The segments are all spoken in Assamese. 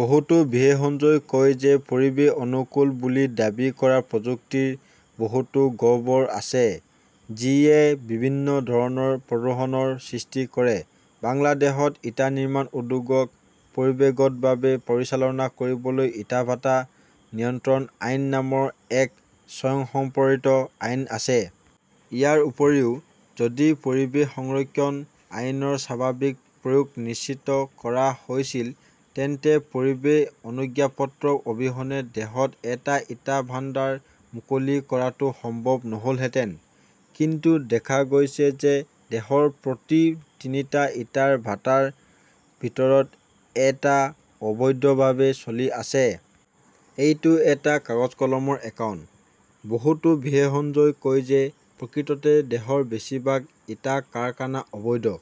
বহুতো বিশেষজ্ঞই কয় যে পৰিৱেশ অনুকূল বুলি দাবী কৰা প্ৰযুক্তিৰ বহুতো গহ্বৰ আছে যিয়ে বিভিন্ন ধৰণৰ প্ৰদূষণৰ সৃষ্টি কৰে। বাংলাদেশত ইটা নিৰ্মাণ উদ্যোগক পৰিৱেশগতভাৱে পৰিচালনা কৰিবলৈ ইটা ভাটা নিয়ন্ত্ৰণ আইন নামৰ এক স্বয়ংসম্পৰিত আইন আছে। ইয়াৰ উপৰিও, যদি পৰিৱেশ সংৰক্ষণ আইনৰ স্বাভাৱিক প্ৰয়োগ নিশ্চিত কৰা হৈছিল, তেন্তে পৰিৱেশ অনুজ্ঞাপত্ৰ অবিহনে দেশত এটা ইটা ভাণ্ডাৰ মুকলি কৰাটো সম্ভৱ নহ'লহেঁতেন। কিন্তু দেখা গৈছে যে দেশৰ প্ৰতি তিনিটা ইটাৰ ভাটাৰ ভিতৰত এটা অবৈধভাৱে চলি আছে। এইটো এটা কাগজ-কলমৰ একাউণ্ট। বহুতো বিশেষজ্ঞই কয় যে প্ৰকৃততে দেশৰ বেছি ভাগ ইটা কাৰখানা অবৈধ।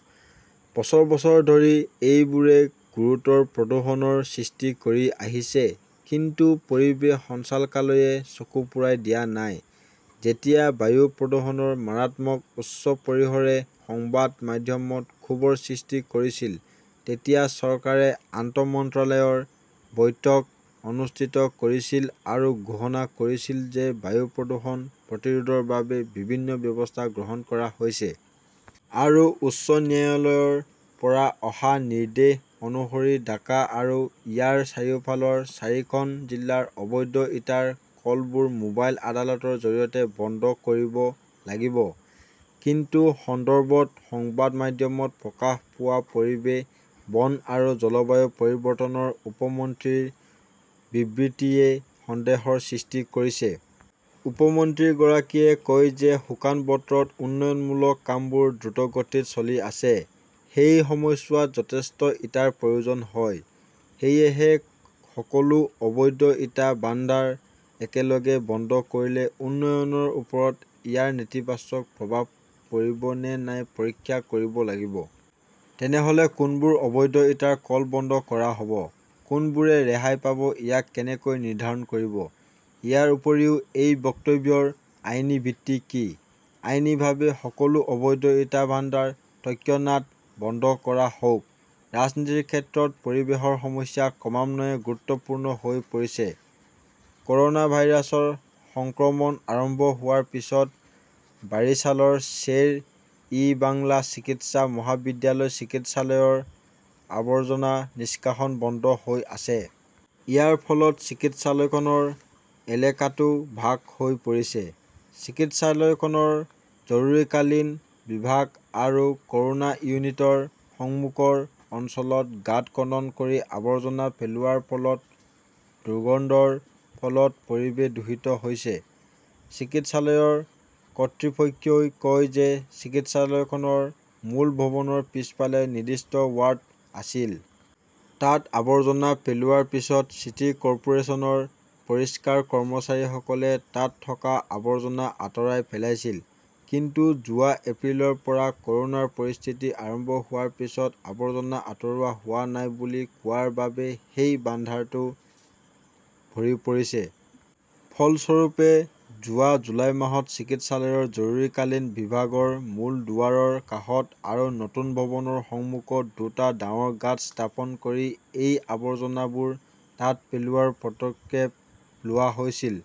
বছৰ বছৰ ধৰি এইবোৰে গুৰুতৰ প্ৰদূষণৰ সৃষ্টি কৰি আহিছে, কিন্তু পৰিৱেশ সঞ্চালকালয়ে চকু ফুৰাই দিয়া নাই। যেতিয়া বায়ু প্ৰদূষণৰ মাৰাত্মক উচ্চ পৰিসৰে সংবাদ মাধ্যমত ক্ষোভৰ সৃষ্টি কৰিছিল, তেতিয়া চৰকাৰে আন্তঃ মন্ত্ৰালয়ৰ বৈঠক অনুষ্ঠিত কৰিছিল আৰু ঘোষণা কৰিছিল যে বায়ু প্ৰদূষণ প্ৰতিৰোধৰ বাবে বিভিন্ন ব্যৱস্থা গ্ৰহণ কৰা হৈছে। আৰু উচ্চ ন্যায়ালয়ৰ পৰা অহা নিৰ্দেশ অনুসৰি ঢাকা আৰু ইয়াৰ চাৰিওফালৰ চাৰিখন জিলাৰ অবৈধ ইটাৰ কলবোৰ মোবাইল আদালতৰ জৰিয়তে বন্ধ কৰিব লাগিব। কিন্তু এই সন্দৰ্ভত সংবাদ মাধ্যমত প্ৰকাশ পোৱা পৰিৱেশ, বন আৰু জলবায়ু পৰিৱৰ্তনৰ উপ মন্ত্ৰীৰ বিবৃতিয়ে সন্দেহৰ সৃষ্টি কৰিছে। উপ-মন্ত্ৰীগৰাকীয়ে কয় যে শুকান বতৰত উন্নয়নমূলক কামবোৰ দ্ৰুতগতিত চলি আছে, এই সময়ছোৱাত যথেষ্ট ইটাৰ প্ৰয়োজন হয়। সেয়েহে সকলো অবৈধ ইটা ভাণ্ডাৰ একেলগে বন্ধ কৰিলে উন্নয়নৰ ওপৰত ইয়াৰ নেতিবাচক প্ৰভাৱ পৰিব নে নাই পৰীক্ষা কৰিব লাগিব। তেনেহ 'লে কোনবোৰ অবৈধ ইটাৰ কল বন্ধ কৰা হ'ব, কোনবোৰে ৰেহাই পাব-ইয়াক কেনেকৈ নিৰ্ধাৰণ কৰিব? ইয়াৰ উপৰিও এই বক্তব্যৰ আইনী ভিত্তি কি? আইনীভাৱে সকলো অবৈধ ইটা ভাণ্ডাৰ তৎক্ষণাত বন্ধ কৰা হওক। ৰাজনীতিৰ ক্ষেত্ৰত পৰিৱেশৰ সমস্যা ক্ৰমান্বয়ে গুৰুত্বপূৰ্ণ হৈ পৰিছে কৰ'না ভাইৰাছৰ সংক্ৰমণ আৰম্ভ হোৱাৰ পিছত বাৰিছালৰ শ্বেৰ-ই-বাংলা চিকিৎসা মহাবিদ্যালয় চিকিৎসালয়ৰ আৱৰ্জনা নিষ্কাশন বন্ধ হৈ আছে। ইয়াৰ ফলত চিকিৎসালয়খনৰ এলেকাটো ভাগ হৈ পৰিছে। চিকিৎসালয়খনৰ জৰুৰীকালীন বিভাগ আৰু কৰোনা ইউনিটৰ সন্মুখৰ অঞ্চলত গাঁত খনন কৰি আৱৰ্জনা পেলোৱাৰ ফলত দুৰ্গন্ধৰ ফলত পৰিৱেশ দূষিত হৈছে। চিকিৎসালয়ৰ কৰ্তৃপক্ষই কয় যে ,চিকিৎসালয়খনৰ মূল ভৱনৰ পিছফালে নিৰ্দিষ্ট ৱাৰ্ড আছিল। তাত আৱৰ্জনা পেলোৱাৰ পিছত চিটি কৰ্পোৰেচনৰ পৰিষ্কাৰ কৰ্মচাৰীসকলে তাত থকা আৱৰ্জনা আঁতৰাই পেলাইছিল। কিন্তু যোৱা এপ্ৰিলৰ পৰা কৰোনাৰ পৰিস্থিতি আৰম্ভ হোৱাৰ পিছত আৱৰ্জনা আতৰোৱা হোৱা নাই বুলি কোৱাৰ বাবে সেই ভাণ্ডাৰটো ভৰি পৰিছে। ফলস্বৰূপে, যোৱা জুলাই মাহত চিকিৎসালয়ৰ জৰুৰীকালীন বিভাগৰ মূল দুৱাৰৰ কাষত আৰু নতুন ভৱনৰ সন্মুখত দুটা ডাঙৰ গাঁত স্থাপন কৰি এই আৱৰ্জনাবোৰ তাত পেলোৱাৰ পদক্ষেপ লোৱা হৈছিল।